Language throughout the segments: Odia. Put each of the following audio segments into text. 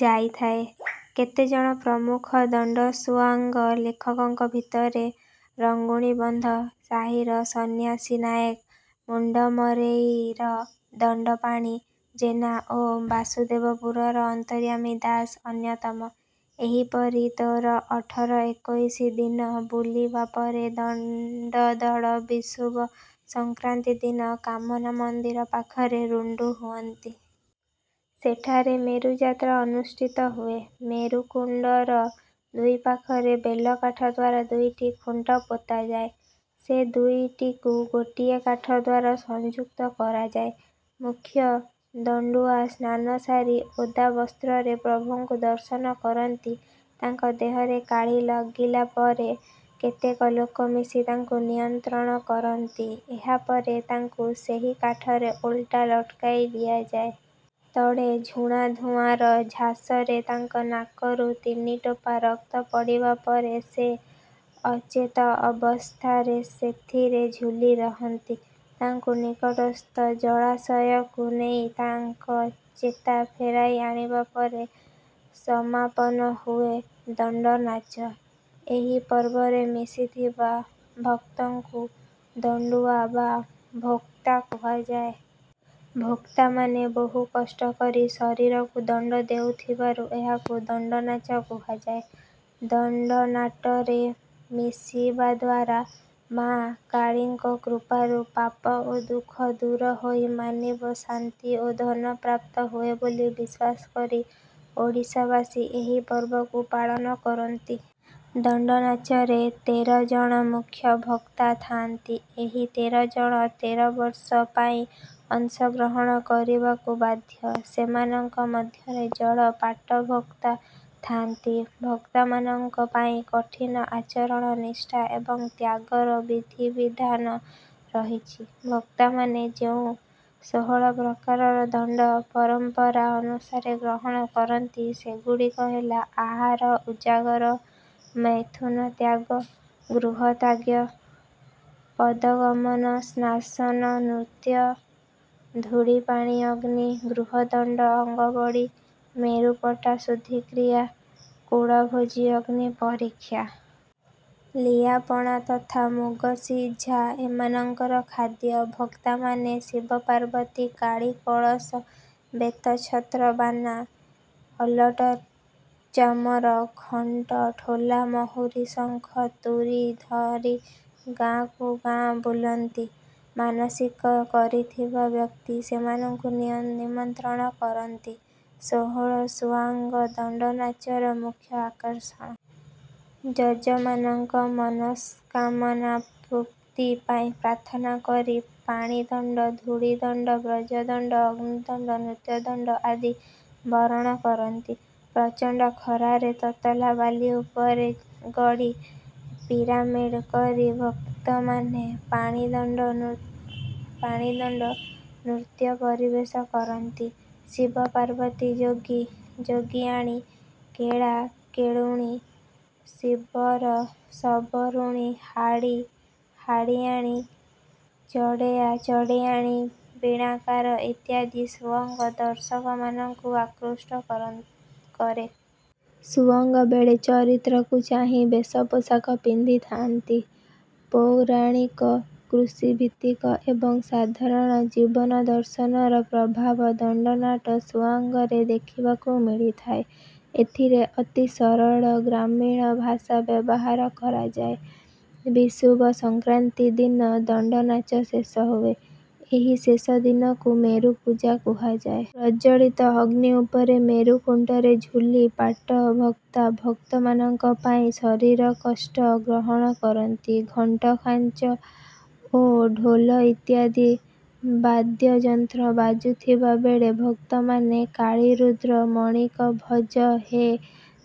ଯାଇଥାଏ। କେତେଜଣ ପ୍ରମୁଖ ଦଣ୍ଡସୁଆଙ୍ଗ ଲେଖକଙ୍କ ଭିତରେ ରଙ୍ଗୁଣି ବନ୍ଧ ସାହିର ସନ୍ନ୍ୟାସୀ ନାଏକ ମୁଣ୍ଡମରେଇର ଦଣ୍ଡପାଣି ଜେନା ଓ ବାସୁଦେବପୁରର ଅନ୍ତର୍ଯ୍ୟାମୀ ଦାସ ଅନ୍ୟତମ। ଏହିପରି ତୋର ଅଠର ଏକୋଇଶି ଦିନ ବୁଲିବା ପରେ ଦଣ୍ଡଦଳ ବିଷୁବ ସଂକ୍ରାନ୍ତି ଦିନ କାମନା ମନ୍ଦିର ପାଖରେ ରୁଣ୍ଡୁ ହୁଅନ୍ତି। ସେଠାରେ ମେରୁଯାତ୍ରା ଅନୁଷ୍ଠିତ ହୁଏ। ମେରୁକୁଣ୍ଡର ଦୁଇ ପାଖରେ ବେଲକାଠ ଦ୍ୱାରା ଦୁଇଟି ଖୁଣ୍ଟ ପୋତାଯାଏ। ସେ ଦୁଇଟିକୁ ଗୋଟିଏ କାଠ ଦ୍ୱାରା ସଂଯୁକ୍ତ କରାଯାଏ। ମୁଖ୍ୟ ଦଣ୍ଡୁଆ ସ୍ନାନ ସାରି ଓଦା ବସ୍ତ୍ରରେ ପ୍ରଭୁଙ୍କୁ ଦର୍ଶନ କରନ୍ତି ତାଙ୍କ ଦେହରେ କାଳୀ ଲାଗିଲା ପରେ କେତେକ ଲୋକ ମିଶି ତାଙ୍କୁ ନିୟନ୍ତ୍ରଣ କରନ୍ତି ଏହା ପରେ ତାଙ୍କୁ ସେହି କାଠରେ ଓଲଟା ଲଟକାଇ ଦିଆଯାଏ। ତଳେ ଝୁଣା ଧୂଆଁର ଝାସରେ ତାଙ୍କ ନାକରୁ ତିନି ଟୋପା ରକ୍ତ ପଡ଼ିବା ପରେ ସେ ଅଚେତ ଅବସ୍ଥାରେ ସେଥିରେ ଝୁଲି ରହନ୍ତି। ତାଙ୍କୁ ନିକଟସ୍ଥ ଜଳାଶୟକୁ ନେଇ ତାଙ୍କ ଚେତା ଫେରାଇ ଆଣିବା ପରେ ସମାପନ ହୁଏ ଦଣ୍ଡନାଚ। ଏହି ପର୍ବରେ ମିଶିଥିବା ଭକ୍ତଙ୍କୁ ଦଣ୍ଡୁଆ ବା ଭୋକ୍ତା କୁହାଯାଏ। ଭୋକ୍ତାମାନେ ବହୁ କଷ୍ଟ କରି ଶରୀରକୁ ଦଣ୍ଡ ଦେଉଥିବାରୁ ଏହାକୁ ଦଣ୍ଡନାଚ କୁହାଯାଏ। ଦଣ୍ଡନାଟରେ ମିଶିବା ଦ୍ୱାରା ମାଆ କାଳୀଙ୍କ କୃପାରୁ ପାପ ଓ ଦୁଃଖ ଦୂର ହୋଇ ମାନବ ଶାନ୍ତି ଓ ଧନ ପ୍ରାପ୍ତ ହୁଏ ବୋଲି ବିଶ୍ୱାସ କରି ଓଡ଼ିଶାବାସୀ ଏହି ପର୍ବକୁ ପାଳନ କରନ୍ତି। ଦଣ୍ଡନାଚରେ ତେର ଜଣ ମୁଖ୍ୟ ଭୋକ୍ତା ଥାଆନ୍ତି ଏହି ତେର ଜଣ ତେର ବର୍ଷ ପାଇଁ ଅଂଶଗ୍ରହଣ କରିବାକୁ ବାଧ୍ୟ। ସେମାନଙ୍କ ମଧ୍ୟରେ ଜଣେ ପାଟଭୋକ୍ତା ଥାଆନ୍ତି। ଭୋକ୍ତାମାନଙ୍କ ପାଇଁ କଠିନ ଆଚରଣ ନିଷ୍ଠା ଏବଂ ତ୍ୟାଗର ବିଧିବିଧାନ ରହିଛି। ଭୋକ୍ତାମାନେ ଯେଉଁ ଷୋହଳ ପ୍ରକାର ଦଣ୍ଡ ପରମ୍ପରା ଅନୁସାରେ ଗ୍ରହଣ କରନ୍ତି ସେଗୁଡ଼ିକ ହେଲା ଆହାର ଉଜାଗର ମୈଥୁନ ତ୍ୟାଗ ଗୃହତ୍ୟାଗ ପଦଗମନ ଶ୍ମଶାନ ନୃତ୍ୟ ଧୂଳି ପାଣି ଅଗ୍ନି ଗୃହଦଣ୍ଡ ଅଙ୍ଗବଳୀ ମେରୁପଟା ଶୁଦ୍ଧିକ୍ରିୟା କୁଳଭୋଜି ଅଗ୍ନି ପରୀକ୍ଷା। ଲିଆ ପଣା ତଥା ମୁଗସିଝା ଏମାନଙ୍କର ଖାଦ୍ୟ। ଭୋକ୍ତାମାନେ ଶିବ ପାର୍ବତୀ କାଳୀ କଳସ ବେତ ଛତ୍ର ବାନା ଆଲଟ ଚାମର ଘଣ୍ଟ ଢୋଲା ମହୁରୀ ଶଙ୍ଖ ତୁରୀ ଧରି ଗାଁକୁ ଗାଁ ବୁଲନ୍ତି। ମାନସିକ କରିଥିବା ବ୍ୟକ୍ତି ସେମାନଙ୍କୁ ନିଅ ନିମନ୍ତ୍ରଣ କରନ୍ତି। ଷୋହଳ ସୁଆଙ୍ଗ ଦଣ୍ଡନାଚର ମୁଖ୍ୟ ଆକର୍ଷଣ। ଯଜମାନଙ୍କ ମନସ୍କାମନା ପୂର୍ତ୍ତି ପାଇଁ ପ୍ରାର୍ଥନା କରି ପାଣିଦଣ୍ଡ ଧୂଳିଦଣ୍ଡ ବଜ୍ରଦଣ୍ଡ ଅଗ୍ନିଦଣ୍ଡ ନୃତ୍ୟଦଣ୍ଡ ଆଦି ବରଣ କରନ୍ତି। ପ୍ରଚଣ୍ଡ ଖରାରେ ତତଲା ବାଲି ଉପରେ ଗଡ଼ି ପିରାମିଡ଼ କରି ଭୋକ୍ତାମାନେ ପାଣିଦଣ୍ଡ ନୁ ପାଣିଦଣ୍ଡ ନୃତ୍ୟ ପରିବେଷ କରନ୍ତି। ଶିବ ପାର୍ବତୀ ଯୋଗି ଯୋଗିଆଣୀ କେଳା କେଳୁଣୀ ଶିବର ଶବରୁଣୀ ହାଡ଼ି ହାଡ଼ିଆଣୀ ଚଡେୟା ଚଡେୟାଣୀ ବୀଣାକାର ଇତ୍ୟାଦି ସୁଆଙ୍ଗ ଦର୍ଶକମାନଙ୍କୁ ଆକୃଷ୍ଟ କରନ କରେ। ସୁଆଙ୍ଗ ବେଳେ ଚରିତ୍ରକୁ ଚାହିଁ ବେଶ ପୋଷାକ ପିନ୍ଧିଥାନ୍ତି। ପୌରାଣିକ କୃଷିଭିତ୍ତିକ ଏବଂ ସାଧାରଣ ଜୀବନ ଦର୍ଶନର ପ୍ରଭାବ ଦଣ୍ଡନାଟ ସୁଆଙ୍ଗରେ ଦେଖିବାକୁ ମିଳିଥାଏ। ଏଥିରେ ଅତି ସରଳ ଗ୍ରାମୀଣ ଭାଷା ବ୍ୟବହାର କରାଯାଏ। ବିଷୁବ ସଂକ୍ରାନ୍ତି ଦିନ ଦଣ୍ଡନାଚ ଶେଷ ହୁଏ। ଏହି ଶେଷ ଦିନକୁ ମେରୁ ପୂଜା କୁହାଯାଏ। ପ୍ରଜ୍ୱଳିତ ଅଗ୍ନି ଉପରେ ମେରୁ ଖୁଣ୍ଟରେ ଝୁଲି ପାଟଭୋକ୍ତା ଭକ୍ତମାନଙ୍କ ପାଇଁ ଶରୀର କଷ୍ଟ ଗ୍ରହଣ କରନ୍ତି। ଘଣ୍ଟ ଝାଞ୍ଜ ଓ ଢୋଲ ଇତ୍ୟାଦି ବାଦ୍ୟଯନ୍ତ୍ର ବାଜୁଥିବା ବେଳେ ଭୋକ୍ତାମାନେ କାଳୀରୁଦ୍ର ମଣିକ ଭଜ ହେ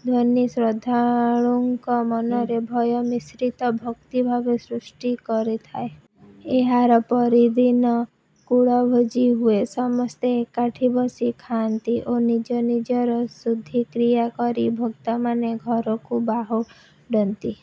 ଧ୍ୱନି ଶ୍ରଦ୍ଧାଳୁଙ୍କ ମନରେ ଭୟ ମିଶ୍ରିତ ଭକ୍ତିଭାବ ସୃଷ୍ଟି କରିଥାଏ। ଏହାର ପରିଦିନ କୁଳଭୋଜି ହୁଏ ସମସ୍ତେ ଏକାଠି ବସି ଖାଆନ୍ତି ଓ ନିଜ ନିଜର ଶୁଦ୍ଧିକ୍ରିୟା କରି ଭୋକ୍ତାମାନେ ଘରକୁ ବାହୁଡ଼ନ୍ତି।